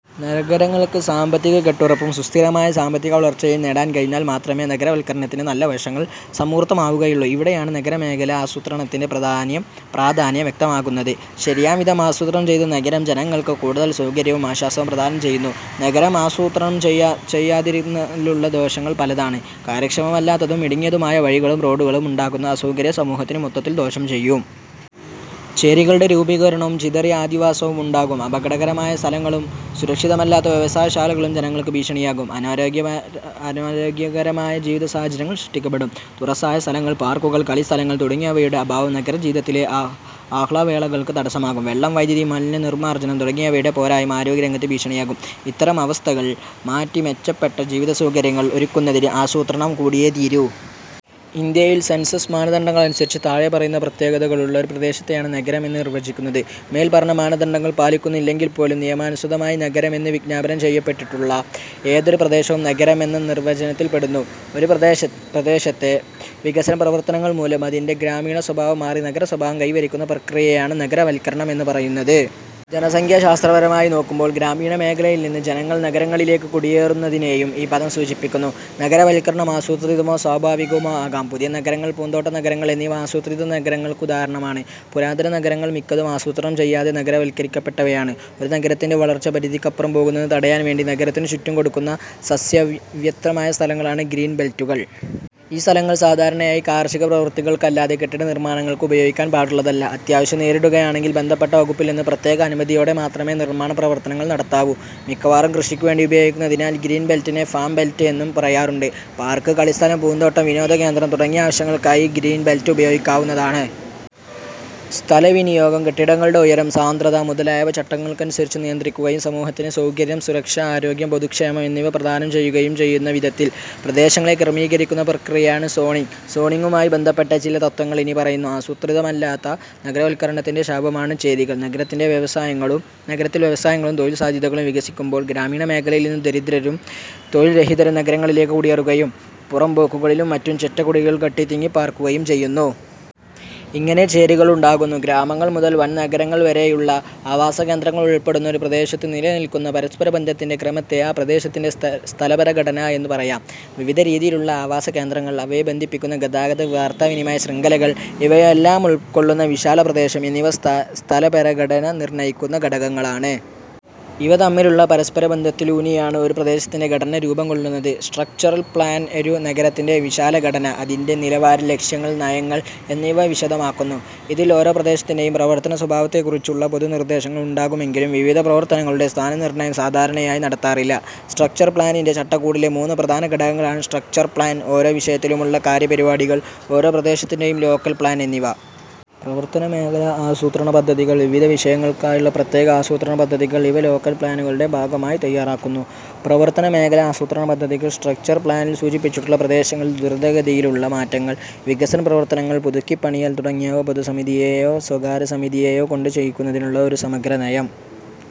നഗരങ്ങൾക്ക് സാമ്പത്തിക കെട്ടുറപ്പും സുസ്ഥിരമായ സാമ്പത്തികവളർച്ചയും നേടാൻ കഴിഞ്ഞാൽ മാത്രമേ നഗരവത്കരണത്തിന്റെ നല്ല വശങ്ങൾ സമൂർത്തമാവുകയുള്ളൂ. ഇവിടെയാണ് നഗരമേഖലാ ആസൂത്രണത്തിന്റെ പ്രാധാന്യം വ്യക്തമാകുന്നത്. ശരിയാംവിധം ആസൂത്രണം ചെയ്ത നഗരം ജനങ്ങൾക്ക് കൂടുതൽ സൗകര്യവും ആശ്വാസവും പ്രദാനം ചെയ്യുന്നു. നഗരം ആസൂത്രണം ചെയ്യാതിരുന്നാലുള്ള ദോഷങ്ങൾ പലതാണ്. കാര്യക്ഷമമല്ലാത്തതും ഇടുങ്ങിയതുമായ വഴികളും റോഡുകളും ഉണ്ടാക്കുന്ന അസൗകര്യം സമൂഹത്തിന് മൊത്തത്തിൽ ദോഷം ചെയ്യും. ചേരികളുടെ രൂപീകരണവും ചിതറിയ അധിവാസവും ഉണ്ടാകും. അപകടകരമായ സ്ഥലങ്ങളും സുരക്ഷിതമല്ലാത്ത വ്യവസായശാലകളും ജനങ്ങൾക്ക് ഭീഷണിയാകും. അനാരോഗ്യകരമായ ജീവിതസാഹചര്യങ്ങൾ സൃഷ്ടിക്കപ്പെടും. തുറസ്സായ സ്ഥലങ്ങൾ, പാർക്കുകൾ, കളിസ്ഥലങ്ങൾ തുടങ്ങിയവയുടെ അഭാവം നഗരജീവിതത്തിലെ ആഹ്ലാവേളകൾക്ക് തടസ്സമാകും. വെള്ളം, വൈദ്യുതി, മാലിന്യനിർമാർജ്ജനം തുടങ്ങിയവയുടെ പോരായ്മ ആരോഗ്യരംഗത്ത് ഭീഷണിയാകും. ഇത്തരം അവസ്ഥകൾ മാറ്റി മെച്ചപ്പെട്ട ജീവിതസൗകര്യങ്ങൾ ഒരുക്കുന്നതിന് ആസൂത്രണം കൂടിയേ തീരൂ. ഇന്ത്യയിൽ സെൻസസ് മാനദണ്ഡങ്ങളനുസരിച്ച് താഴെ പറയുന്ന പ്രത്യേകതകളുള്ള ഒരു പ്രദേശത്തെയാണ് നഗരം എന്നു നിർവചിക്കുന്നത്. മേല്പറഞ്ഞ മാനദണ്ഡങ്ങൾ പാലിക്കുന്നില്ലെങ്കിൽപ്പോലും നിയമാനുസൃതമായി നഗരം എന്നു വിജ്ഞാപനം ചെയ്യപ്പെട്ടിട്ടുള്ള ഏതൊരു പ്രദേശവും നഗരം എന്ന നിർവചനത്തിൽപ്പെടുന്നു. ഒരു പ്രദേശത്തെ വികസനപ്രവർത്തനങ്ങൾമൂലം അതിന്റെ ഗ്രാമീണസ്വഭാവം മാറി നഗരസ്വഭാവം കൈവരിക്കുന്ന പ്രക്രിയയെയാണ് നഗരവത്കരണം എന്നു പറയുന്നത്. ജനസംഖ്യാശാസ്ത്രപരമായി നോക്കുമ്പോൾ ഗ്രാമീണമേഖലയിൽ നിന്ന് ജനങ്ങൾ നഗരങ്ങളിലേക്ക് കുടിയേറുന്നതിനെയും ഈ പദം സൂചിപ്പിക്കുന്നു. നഗരവത്കരണം ആസൂത്രിതമോ സ്വാഭാവികമോ ആകാം. പുതിയ നഗരങ്ങൾ, പൂന്തോട്ട നഗരങ്ങൾ എന്നിവ ആസൂത്രിത നഗരങ്ങൾക്ക് ഉദാഹരണങ്ങളാണ്. പുരാതന നഗരങ്ങൾ മിക്കതും ആസൂത്രണം ചെയ്യാതെ നഗരവത്കരിക്കപ്പെട്ടവയാണ്. ഒരു നഗരത്തിന്റെ വളർച്ച പരിധിക്കപ്പുറം പോകുന്നത് തടയാൻവേണ്ടി നഗരത്തിനു ചുറ്റും കൊടുക്കുന്ന സസ്യാവൃതമായ സ്ഥലങ്ങളാണ് ഗ്രീൻ ബെൽറ്റുകൾ. ഈ സ്ഥലങ്ങൾ സാധാരണയായി കാർഷികപ്രവൃത്തികൾക്കല്ലാതെ കെട്ടിട നിർമ്മാണങ്ങൾക്ക് ഉപയോഗിക്കാൻ പാടുള്ളതല്ല. അത്യാവശ്യം നേരിടുകയാണെങ്കിൽ ബന്ധപ്പെട്ട വകുപ്പിൽനിന്ന് പ്രത്യേക അനുമതിയോടെ മാത്രമേ നിർമ്മാണപ്രവർത്തനങ്ങൾ നടത്താവൂ. മിക്കവാറും കൃഷിക്കുവേണ്ടി ഉപയോഗിക്കുന്നതിനാൽ ഗ്രീൻ ബെൽറ്റിനെ ഫാം ബെൽറ്റ് എന്നും പറയാറുണ്ട്. പാർക്ക്, കളിസ്ഥലം, പൂന്തോട്ടം, വിനോദകേന്ദ്രം തുടങ്ങിയ ആവശ്യങ്ങൾക്കായി ഗ്രീൻ ബെൽറ്റ് ഉപയോഗിക്കാവുന്നതാണ്. സ്ഥലവിനിയോഗം, കെട്ടിടങ്ങളുടെ ഉയരം, സാന്ദ്രത മുതലായവ ചട്ടങ്ങൾക്കനുസരിച്ച് നിയന്ത്രിക്കുകയും സമൂഹത്തിന് സൌകര്യം, സുരക്ഷ, ആരോഗ്യം, പൊതുക്ഷേമം എന്നിവ പ്രദാനം ചെയ്യുകയും ചെയ്യുന്ന വിധത്തിൽ പ്രദേശങ്ങളെ ക്രമീകരിക്കുന്ന പ്രക്രിയയാണ് സോണിങ്. സോണിങ്ങുമായി ബന്ധപ്പെട്ട ചില തത്ത്വങ്ങൾ ഇനി പറയുന്നു. ആസൂത്രിതമല്ലാത്ത നഗരവത്കരണത്തിന്റെ ശാപമാണ് ചേരികൾ. നഗരത്തിൽ വ്യവസായങ്ങളും തൊഴിൽസാധ്യതകളും വികസിക്കുമ്പോൾ ഗ്രാമീണമേഖലയിൽനിന്ന് ദരിദ്രരും തൊഴിൽരഹിതരും നഗരങ്ങളിലേക്കു കുടിയേറുകയും പുറമ്പോക്കുകളിലും മറ്റും ചെറ്റക്കുടിലുകൾ കെട്ടി തിങ്ങിപ്പാർക്കുകയും ചെയ്യുന്നു. ഇങ്ങനെ ചേരികളുണ്ടാകുന്നു. ഗ്രാമങ്ങൾ മുതൽ വൻനഗരങ്ങൾ വരെയുള്ള ആവാസകേന്ദ്രങ്ങൾ ഉൾപ്പെടുന്ന ഒരു പ്രദേശത്തു നിലനില്ക്കുന്ന പരസ്പരബന്ധത്തിന്റെ ക്രമത്തെ ആ പ്രദേശത്തിന്റെ സ്ഥലപരഘടന എന്നു പറയാം. വിവിധ രീതിയിലുള്ള ആവാസകേന്ദ്രങ്ങൾ, അവയെ ബന്ധിപ്പിക്കുന്ന ഗതാഗത വാർത്താവിനിമയ ശൃംഖലകൾ, ഇവയെല്ലാമുൾക്കൊള്ളുന്ന വിശാല പ്രദേശം എന്നിവ സ്ഥലപരഘടന നിർണയിക്കുന്ന ഘടകങ്ങളാണ്. ഇവ തമ്മിലുള്ള പരസ്പരബന്ധത്തിലൂന്നിയാണ് ഒരു പ്രദേശത്തിന്റെ ഘടന രൂപംകൊള്ളുന്നത്. സ്ട്രക്ചർ പ്ലാൻ ഒരു നഗരത്തിന്റെ വിശാലഘടന, അതിന്റെ നിലവാരം, ലക്ഷ്യങ്ങൾ, നയങ്ങൾ എന്നിവ വിശദമാക്കുന്നു. ഇതിൽ ഓരോ പ്രദേശത്തിന്റെയും പ്രവർത്തന സ്വഭാവത്തെക്കുറിച്ചുള്ള പൊതു നിർദ്ദേശങ്ങൾ ഉണ്ടാകുമെങ്കിലും വിവിധ പ്രവർത്തനങ്ങളുടെ സ്ഥാന നിർണയം സാധാരണയായി നടത്താറില്ല. സ്ട്രക്ചർ പ്ളാനിന്റെ ചട്ടകൂടിലെ മൂന്ന് സുപ്രധാന ഘടകങ്ങളാണ്: സ്ട്രക്ചർ പ്ളാൻ, ഓരോ വിഷയത്തിലുമുള്ള കാര്യപരിപാടികൾ, ഓരോ പ്രദേശത്തിന്റെയും ലോക്കൽ പ്ളാൻ എന്നിവ. പ്രവർത്തനമേഖലാ ആസൂത്രണ പദ്ധതികൾ, വിവിധ വിഷയങ്ങൾക്കായുള്ള പ്രത്യേക ആസൂത്രണപദ്ധതികൾ ഇവ ലോക്കൽപ്ളാനുകളുടെ ഭാഗമായി തയ്യാറാക്കുന്നു. പ്രവർത്തനമേഖലാ ആസൂത്രണപദ്ധതികൾ, സ്ട്രക്ചർ പ്ലാനിൽ സൂചിപ്പിച്ചിട്ടുള്ള പ്രദേശങ്ങളിൽ ദ്രുതഗതിയിലുള്ള മാറ്റങ്ങൾ, വികസന പ്രവർത്തനങ്ങൾ, പുതുക്കിപ്പണിയൽ തുടങ്ങിയവ പൊതുസമിതിയെയോ സ്വകാര്യ സമിതിയെയോകൊണ്ട് ചെയ്യിക്കുന്നതിനുള്ള ഒരു സമഗ്ര നയം